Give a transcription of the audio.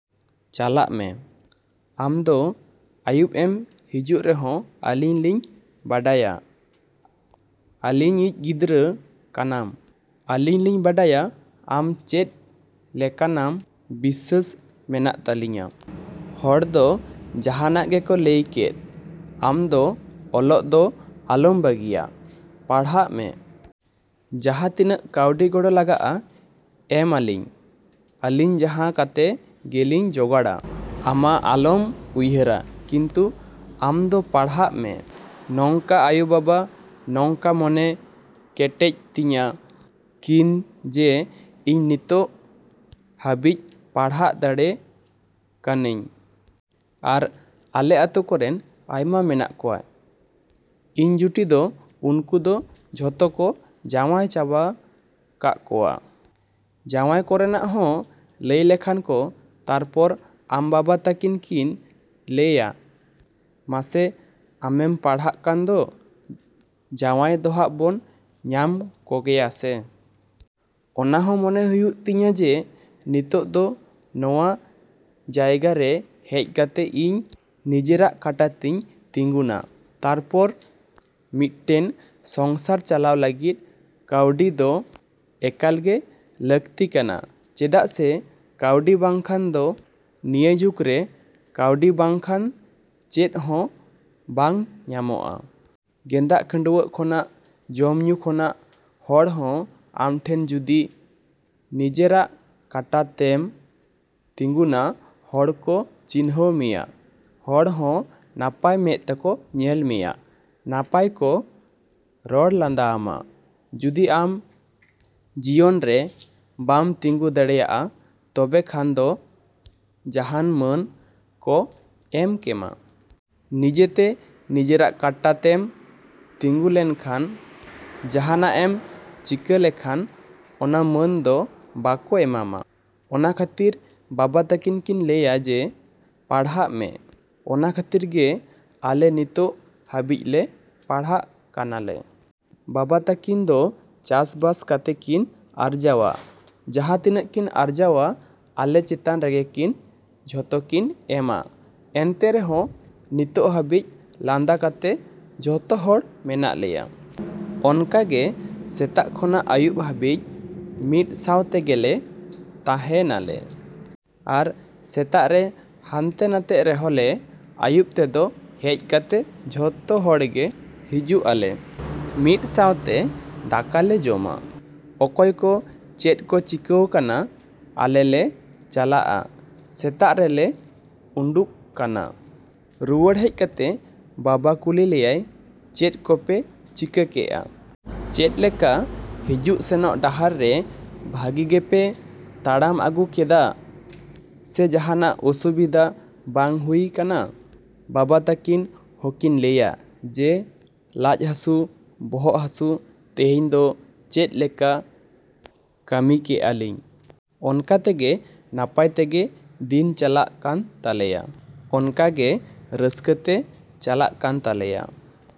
ᱪᱟᱞᱟᱜ ᱢᱮ᱾ ᱟᱢ ᱫᱚ ᱟᱹᱭᱩᱵ ᱮᱢ ᱦᱤᱡᱩᱜ ᱨᱮᱦᱚᱸ ᱟᱹᱞᱤᱧ ᱞᱤᱧ ᱵᱟᱲᱟᱭᱟ ᱟᱹᱞᱤᱧ ᱤᱡ ᱜᱤᱫᱽᱨᱟᱹ ᱠᱟᱱᱟᱢ᱾ ᱟᱹᱞᱤᱧ ᱞᱤᱧ ᱵᱟᱰᱟᱭᱟ ᱟᱢ ᱪᱮᱫ ᱞᱮᱠᱟᱱᱟᱢ ᱵᱤᱥᱥᱟᱹᱥ ᱢᱮᱱᱟᱜ ᱛᱟᱹᱞᱤᱧᱟ᱾ ᱦᱚᱲ ᱫᱚ ᱡᱟᱦᱟᱱᱟᱜ ᱜᱮᱠᱚ ᱞᱟᱹᱭ ᱠᱮᱜ ᱟᱢ ᱫᱚ ᱚᱞᱚᱜ ᱫᱚ ᱟᱞᱚᱢ ᱵᱟᱹᱜᱤᱭᱟ ᱯᱟᱲᱦᱟᱜ ᱢᱮ᱾ ᱡᱟᱦᱟᱸ ᱛᱤᱱᱟᱹᱜ ᱠᱟᱹᱣᱰᱤ ᱜᱚᱲᱚ ᱞᱟᱜᱟᱜᱼᱟ ᱮᱢ ᱟᱹᱞᱤᱧ ᱟᱹᱞᱤᱧ ᱡᱟᱦᱟᱸ ᱠᱟᱛᱮ ᱜᱮᱞᱤᱧ ᱡᱚᱜᱟᱲᱟ ᱟᱢᱟ ᱟᱞᱚᱢ ᱩᱭᱦᱟᱹᱨᱟ ᱠᱤᱱᱛᱩ ᱟᱢᱫᱚ ᱯᱟᱲᱦᱟᱜ ᱢᱮ᱾ ᱱᱚᱝᱠᱟ ᱟᱭᱳᱼᱵᱟᱵᱟ ᱱᱚᱝᱠᱟ ᱢᱚᱱᱮ ᱠᱮᱴᱮᱡ ᱛᱤᱧᱟ ᱠᱤᱱ ᱡᱮ ᱤᱧ ᱱᱤᱛᱚᱜ ᱦᱟᱹᱵᱤᱡ ᱯᱟᱲᱦᱟᱜ ᱫᱟᱲᱮ ᱠᱟᱹᱱᱟᱹᱧ᱾ ᱟᱨ ᱟᱞᱮ ᱟᱛᱳ ᱠᱚᱨᱮᱱ ᱟᱭᱢᱟ ᱢᱮᱱᱟᱜ ᱠᱚᱣᱟ ᱤᱧ ᱡᱩᱴᱤ ᱫᱚ ᱩᱱᱠᱩ ᱫᱚ ᱡᱷᱚᱛᱚ ᱠᱚ ᱡᱟᱶᱟᱭ ᱪᱟᱵᱟ ᱠᱟᱜ ᱠᱚᱣᱟ᱾ ᱡᱟᱶᱟᱭ ᱠᱚᱨᱮᱱᱟᱜ ᱦᱚᱸ ᱞᱟᱹᱭ ᱞᱮᱠᱷᱟᱱ ᱠᱚ ᱛᱟᱨᱯᱚᱨ ᱟᱢ ᱵᱟᱵᱟ ᱛᱟᱠᱤᱱ ᱠᱤᱱ ᱞᱟᱹᱭᱟ ᱢᱟᱥᱮ ᱟᱢᱮᱢ ᱯᱟᱲᱦᱟᱜ ᱠᱟᱱ ᱫᱚ ᱡᱟᱶᱟᱭ ᱫᱚᱦᱟᱜ ᱵᱚᱱ ᱧᱟᱢ ᱠᱚᱜᱮᱭᱟᱥᱮ᱾ ᱚᱱᱟᱦᱚᱸ ᱢᱚᱱᱮ ᱦᱩᱭᱩᱜ ᱛᱤᱧᱟ ᱡᱮ ᱱᱤᱛᱚᱜ ᱫᱚ ᱱᱚᱣᱟ ᱡᱟᱭᱜᱟ ᱨᱮ ᱦᱮᱡ ᱠᱟᱛᱮ ᱤᱧ ᱱᱤᱡᱮᱨᱟᱜ ᱠᱟᱴᱟ ᱛᱤᱧ ᱛᱤᱸᱜᱩᱱᱟ ᱛᱟᱨᱯᱚᱨ ᱢᱤᱫᱴᱮᱱ ᱥᱚᱝᱥᱟᱨ ᱪᱟᱞᱟᱣ ᱞᱟᱹᱜᱤᱫ ᱠᱟᱹᱣᱰᱤ ᱫᱚ ᱮᱠᱟᱞᱜᱮ ᱞᱟᱹᱠᱛᱤ ᱠᱟᱱᱟ ᱪᱮᱫᱟᱜ ᱥᱮ ᱠᱟᱹᱣᱰᱤ ᱵᱟᱝᱠᱷᱟᱱ ᱫᱚ ᱱᱤᱭᱟᱹ ᱡᱩᱜᱽᱨᱮ ᱠᱟᱹᱣᱰᱤ ᱵᱟᱝᱠᱷᱟᱱ ᱪᱮᱫ ᱦᱚᱸ ᱵᱟᱝ ᱧᱟᱢᱚᱜᱼᱟ᱾ ᱜᱮᱸᱫᱟᱜ ᱠᱷᱟᱹᱰᱩᱣᱟᱹᱜ ᱠᱷᱚᱱᱟᱜ ᱡᱚᱢ ᱧᱩ ᱠᱷᱚᱱᱟᱜ ᱦᱚᱲ ᱦᱚᱸ ᱟᱢ ᱴᱷᱮᱱ ᱡᱩᱫᱤ ᱱᱤᱡᱮᱨᱟᱜ ᱠᱟᱴᱟ ᱛᱮᱢ ᱛᱤᱸᱜᱩᱱᱟ ᱦᱚᱲ ᱠᱚ ᱪᱤᱱᱦᱟᱹᱣ ᱢᱮᱭᱟ᱾ ᱦᱚᱲ ᱦᱚᱸ ᱱᱟᱯᱟᱭ ᱢᱮᱫ ᱛᱮᱠᱚ ᱧᱮᱞ ᱢᱮᱭᱟ, ᱱᱟᱯᱟᱭ ᱠᱚ ᱨᱚᱲ ᱞᱟᱸᱫᱟ ᱟᱢᱟ᱾ ᱡᱩᱫᱤ ᱟᱢ ᱡᱤᱭᱚᱱ ᱨᱮ ᱵᱟᱢ ᱛᱤᱸᱜᱩ ᱫᱟᱲᱮᱭᱟᱜᱼᱟ ᱛᱚᱵᱮ ᱠᱷᱟᱱ ᱫᱚ ᱟᱨ ᱡᱟᱦᱟᱱ ᱢᱟᱹᱱ ᱠᱚ ᱮᱢ ᱠᱮᱢᱟ᱾ ᱱᱤᱡᱮᱛᱮ ᱱᱤᱡᱮᱨᱟᱜ ᱠᱟᱴᱟ ᱛᱮᱢ ᱛᱤᱸᱜᱩ ᱞᱮᱱᱠᱷᱟᱱ ᱡᱟᱦᱟᱱᱟᱜ ᱮᱢ ᱪᱤᱠᱟᱹ ᱞᱮᱠᱷᱟᱱ ᱚᱱᱟ ᱢᱟᱹᱱ ᱫᱚ ᱵᱟᱠᱚ ᱮᱢᱟᱢᱟ᱾ ᱚᱱᱟ ᱠᱷᱟᱹᱛᱤᱨ ᱵᱟᱵᱟ ᱛᱟᱹᱠᱤᱱ ᱠᱤᱱ ᱞᱟᱹᱭᱟ ᱡᱮ ᱯᱟᱲᱦᱟᱜ ᱯᱮ᱾ ᱚᱱᱟ ᱠᱷᱟᱹᱛᱤᱨ ᱜᱮ ᱟᱞᱮ ᱱᱤᱛᱚᱜ ᱦᱟᱹᱵᱤᱡ ᱞᱮ ᱯᱟᱲᱦᱟᱜ ᱠᱟᱱᱟᱞᱮ᱾ ᱵᱟᱵᱟ ᱛᱟᱹᱠᱤᱱ ᱫᱚ ᱪᱟᱥᱼᱵᱟᱥ ᱠᱟᱛᱮ ᱠᱤᱱ ᱟᱨᱡᱟᱣᱟ᱾ ᱡᱟᱦᱟᱸ ᱛᱤᱱᱟᱹᱜ ᱠᱤᱱ ᱟᱨᱡᱟᱣᱟ ᱟᱞᱮ ᱪᱮᱛᱟᱱ ᱨᱮᱜᱮᱠᱤᱱ ᱡᱷᱚᱛᱚ ᱠᱤᱱ ᱮᱢᱟ᱾ ᱮᱱᱛᱮ ᱨᱮᱦᱚᱸ ᱱᱤᱛᱚᱜ ᱦᱟᱹᱵᱤᱡ ᱞᱟᱸᱫᱟ ᱠᱟᱛᱮ ᱡᱷᱚᱛᱚ ᱦᱚᱲ ᱢᱮᱱᱟᱜ ᱞᱮᱭᱟ᱾ ᱚᱱᱠᱟ ᱜᱮ ᱥᱮᱛᱟᱜ ᱠᱷᱚᱱᱟᱜ ᱟᱹᱭᱩᱵ ᱦᱟᱹᱵᱤᱡ ᱢᱤᱫ ᱥᱟᱶ ᱛᱮᱜᱮᱞᱮ ᱛᱟᱦᱮᱸ ᱱᱟᱞᱮ᱾ ᱟᱨ ᱥᱮᱛᱟᱜ ᱨᱮ ᱦᱟᱱᱛᱮ ᱱᱷᱟᱛᱮᱜ ᱨᱮᱦᱚᱸ ᱞᱮ ᱟᱹᱭᱩᱵ ᱛᱮᱫᱚ ᱦᱮᱡ ᱠᱟᱛᱮ ᱡᱷᱚᱛᱚ ᱦᱚᱲᱜᱮ ᱦᱤᱡᱩᱜ ᱟᱞᱮ᱾ ᱢᱤᱫ ᱥᱟᱶᱛᱮ ᱫᱟᱠᱟᱞᱮ ᱡᱚᱢᱟ᱾ ᱚᱠᱚᱭ ᱠᱚ ᱪᱮᱫ ᱠᱚ ᱪᱤᱠᱟᱹᱣ ᱠᱟᱱᱟ ᱟᱞᱮ ᱞᱮ ᱪᱟᱞᱟᱜᱼᱟ ᱥᱮᱛᱟᱜ ᱨᱮᱞᱮ ᱩᱰᱩᱝ ᱠᱟᱱᱟ᱾ ᱨᱩᱣᱟᱹᱲ ᱦᱮᱡ ᱠᱟᱛᱮ ᱵᱟᱵᱟ ᱠᱩᱞᱤ ᱞᱮᱭᱟᱭ ᱪᱮᱫ ᱠᱚᱯᱮ ᱪᱤᱠᱟᱹ ᱠᱮᱜᱼᱟ? ᱪᱮᱫ ᱞᱮᱠᱟ ᱦᱤᱡᱩᱜ ᱥᱮᱱᱚᱜ ᱰᱟᱦᱟᱨ ᱨᱮ ᱵᱷᱟᱹᱜᱤ ᱜᱮᱯᱮ ᱛᱟᱲᱟᱢ ᱟᱹᱜᱩ ᱠᱟᱫᱟ ᱥᱮ ᱡᱟᱦᱟᱱᱟᱜ ᱚᱥᱩᱵᱤᱫᱷᱟ ᱵᱟᱝ ᱦᱩᱭ ᱠᱟᱱᱟ᱾ ᱵᱟᱵᱟ ᱛᱟᱹᱠᱤᱱ ᱦᱚᱸᱠᱤᱱ ᱞᱟᱹᱭᱟ ᱡᱮ ᱞᱟᱡ ᱦᱟᱹᱥᱩ ᱵᱚᱦᱚᱜ ᱦᱟᱹᱥᱩ ᱛᱮᱦᱮᱧ ᱫᱚ ᱪᱮᱫ ᱞᱮᱠᱟ ᱠᱟᱹᱢᱤ ᱠᱮᱜᱼᱟ ᱞᱤᱧ᱾ ᱚᱱᱠᱟ ᱛᱮᱜᱮ ᱱᱟᱯᱟᱭ ᱛᱮᱜᱮ ᱫᱤᱱ ᱪᱟᱞᱟᱜ ᱠᱟᱱ ᱛᱟᱞᱮᱭᱟ᱾ ᱚᱱᱠᱟᱜᱮ ᱨᱟᱹᱥᱠᱟᱹ ᱛᱮ ᱪᱟᱞᱟᱜ ᱠᱟᱱ ᱛᱟᱞᱮᱭᱟ᱾।